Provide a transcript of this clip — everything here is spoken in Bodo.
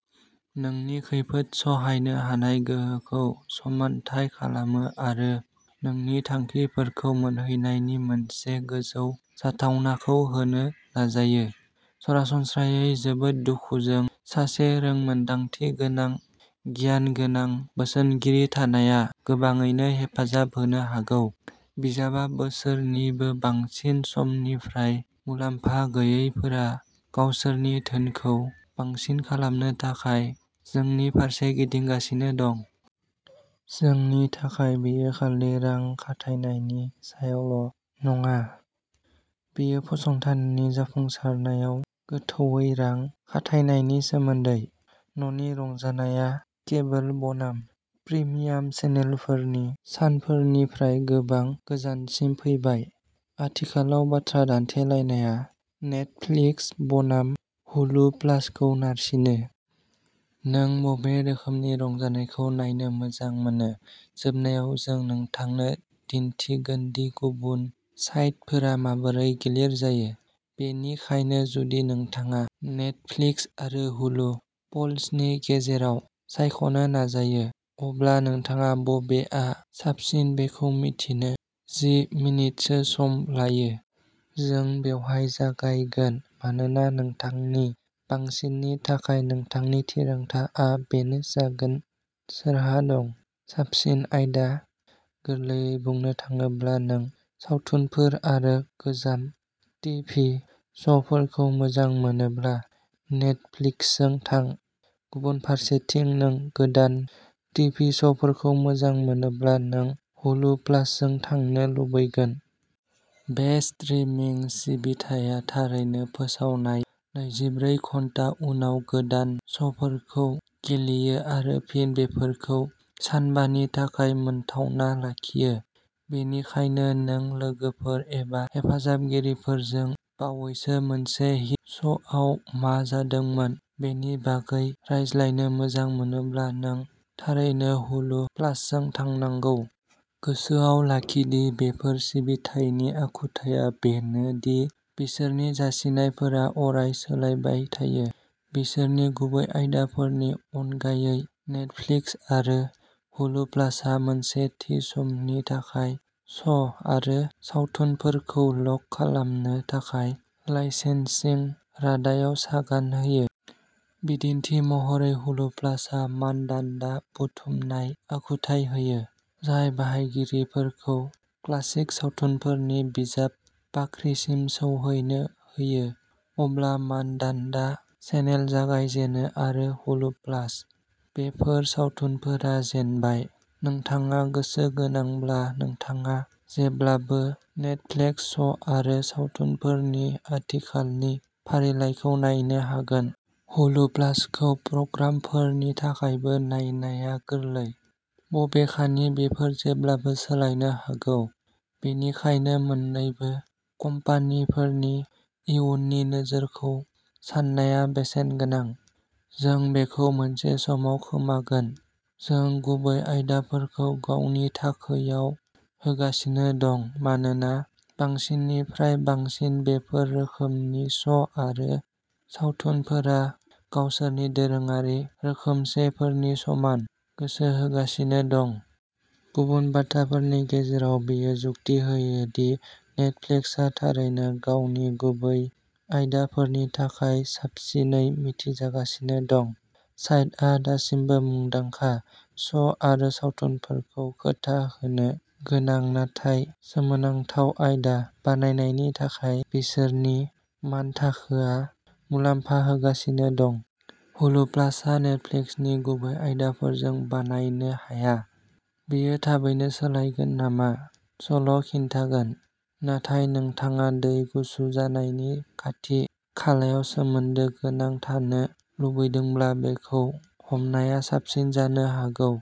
नोंनि खैफोद सहायनो हानाय गोहोखौ समानथाय खालामो आरो नोंनि थांखिफोरखौ मोनहैनायनि मोनसे गोजौ जाथावनाखौ होनो नाजायो। सरासनस्रायै जोबोद दुखुजों। सासे रोंमोन्दांथिगोनां गियानगोनां बोसोनगिरि थानाया गोबाङैनो हेफाजाब होनो हागौ। जिबा बोसोरनिबो बांसिन समनिफ्राय मुलाम्फा गैयैफोरा गावसोरनि धोनखौ बांसिन खालामनो थाखाय जोंनि फारसे गिदिंगासिनो दं। जोंनि थाखाय बेयो खालि रां खाथायनायनि सायावल' नङा। बेयो फसंथाननि जाफुंसारनायाव गोथौवै रां खाथायनायनि सोमोन्दै। न'नि रंजानायआ केबोल बनाम प्रिमियाम चेनेलफोरनि सानफोरनिफ्राय गोबां गोजानसिम फैबाय। आथिखालाव बाथ्रा दान्थेलायनाया नेटफ्लिक्स बनाम हुलु प्लासखौ नारसिनो। नों बबे रोखोमनि रंजानायखौ नायनो मोजां मोनो? जोबनायाव जों नोंथांनो दिन्थिगोन दि गुबुन साइटफोरा माबोरै गिलिर जायो। बेनिखायनो जुदि नोंथाङा नेटफ्लिक्स आरो हुलु प्लसनि गेजेराव सायख'नो नाजायो अब्ला नोंथाङा बबेआ साबसिन बेखौ मिथिनो जि मिनिटसो सम लायो। जों बेवहाय जागायगोन मानोना नोंथांनि बांसिननि थाखाय नोंथांनि थिरांथाआ बेनो जागोन सोरहा दं? साबसिन आयदा? गोरलैयै बुंनो थाङोब्ला नों सावथुनफोर आरो गोजाम टिभि श'फोरखौ मोजां मोनोब्ला नेटफ्लिक्सजों थां। गुबुन फारसेथिं नों गोदान टिभि श'फोरखौ मोजां मोनोब्ला नों हुलु प्लासजों थांनो लुबैगोन। बे स्ट्रिमिं सिबिथाया थारैनो फोसावनाय नैजिब्रै घन्टा उनाव गोदान श'फोरखौ गेलेयो आरो फिन बेफोरखौ सानबानि थाखाय मोनथावना लाखियो। बेनिखायनो नों लोगोफोर एबा हेफाजाबगिरिफोरजों बावैसो मोनसे हिट श'आव मा जादोंमोन बेनि बागै रायज्लायनो मोजां मोनोब्ला नों थारैनो हुलु प्लासजों थांनांगौ। गोसोआव लाखि दि बेफोर सिबिथायनि आखुथाया बेनो दि बिसोरनि जासिनायफोरा अराय सोलायबाय थायो। बिसोरनि गुबै आयदाफोरनि अनगायै नेटफ्लिक्स आरो हुलु प्लासआ मोनसे थि समनि थाखाय श'आरो सावथुनफोरखौ लक खालामनो थाखाय लाइसेन्सिं रादायाव सागान होयो। बिदिन्थि महरै हुलु प्लासआ मानदान्दा बुथुमनाय आखुथाय होयो। जाय बाहायगिरिफोरखौ क्लासिक सावथुनफोरनि बिजाब बाख्रिसिम सौहैनो होयो। अब्ला मानदान्दा चेनेल जागायजेनो आरो हुलु प्लास। बेफोर सावथुनफोरा जेनबाय। नोंथाङा गोसोगोनांब्ला नोंथाङा जेब्लाबो नेटफ्लिक्स श'आरो सावथुनफोरनि आथिखालनि फारिलाइखौ नायनो हागोन। हुलु प्लासखौ प्रग्रामफोरनि थाखायबो नायनाया गोरलै। बबेखानि बेफोर जेब्लाबो सोलायनो हागौ। बेनिखायनो मोननैबो कम्पानिफोरनि इयुननि नोजोरखौ साननाया बेसेनगोनां। जों बेखौ मोनसे समाव खोमागोन। जों गुबै आयदाफोरखौ गावनि थाखोयाव होगासिनो दं मानोना बांसिननिफ्राय बांसिन बेफोर रोखोमनि श' आरो सावथुनफोरा गावसोरनि दोरोङारि रोखोमसेफोरनि समान गोसो होगासिनो दं। गुबुन बाथ्राफोरनि गेजेराव बेयो जुक्ति होयो दि नेटफ्लिक्सआ थारैनो गावनि गुबै आयदाफोरनि थाखाय साबसिनै मिथिजागासिनो दं। साइटआ दासिमबो मुंदांखा श' आरो सावथुनफोरखौ खोथा होनो गोनां नाथाय सोमोनांथाव आयदा बानायनायनि थाखाय बिसोरनि मानथाखोआ मुलाम्फा होगासिनो दं। हुलु प्लसआ नेटफ्लिक्सनि गुबै आयदाफोरजों बादायनो हाया। बेयो थाबैनो सोलायगोन नामा? समाल' खिन्थागोन। नाथाय नोंथाङा दै गुसु जानायनि खाथि खालायाव सोमोन्दो गोनां थानो लुबैदोंब्ला बेखौ हमनाया साबसिन जानो हागौ।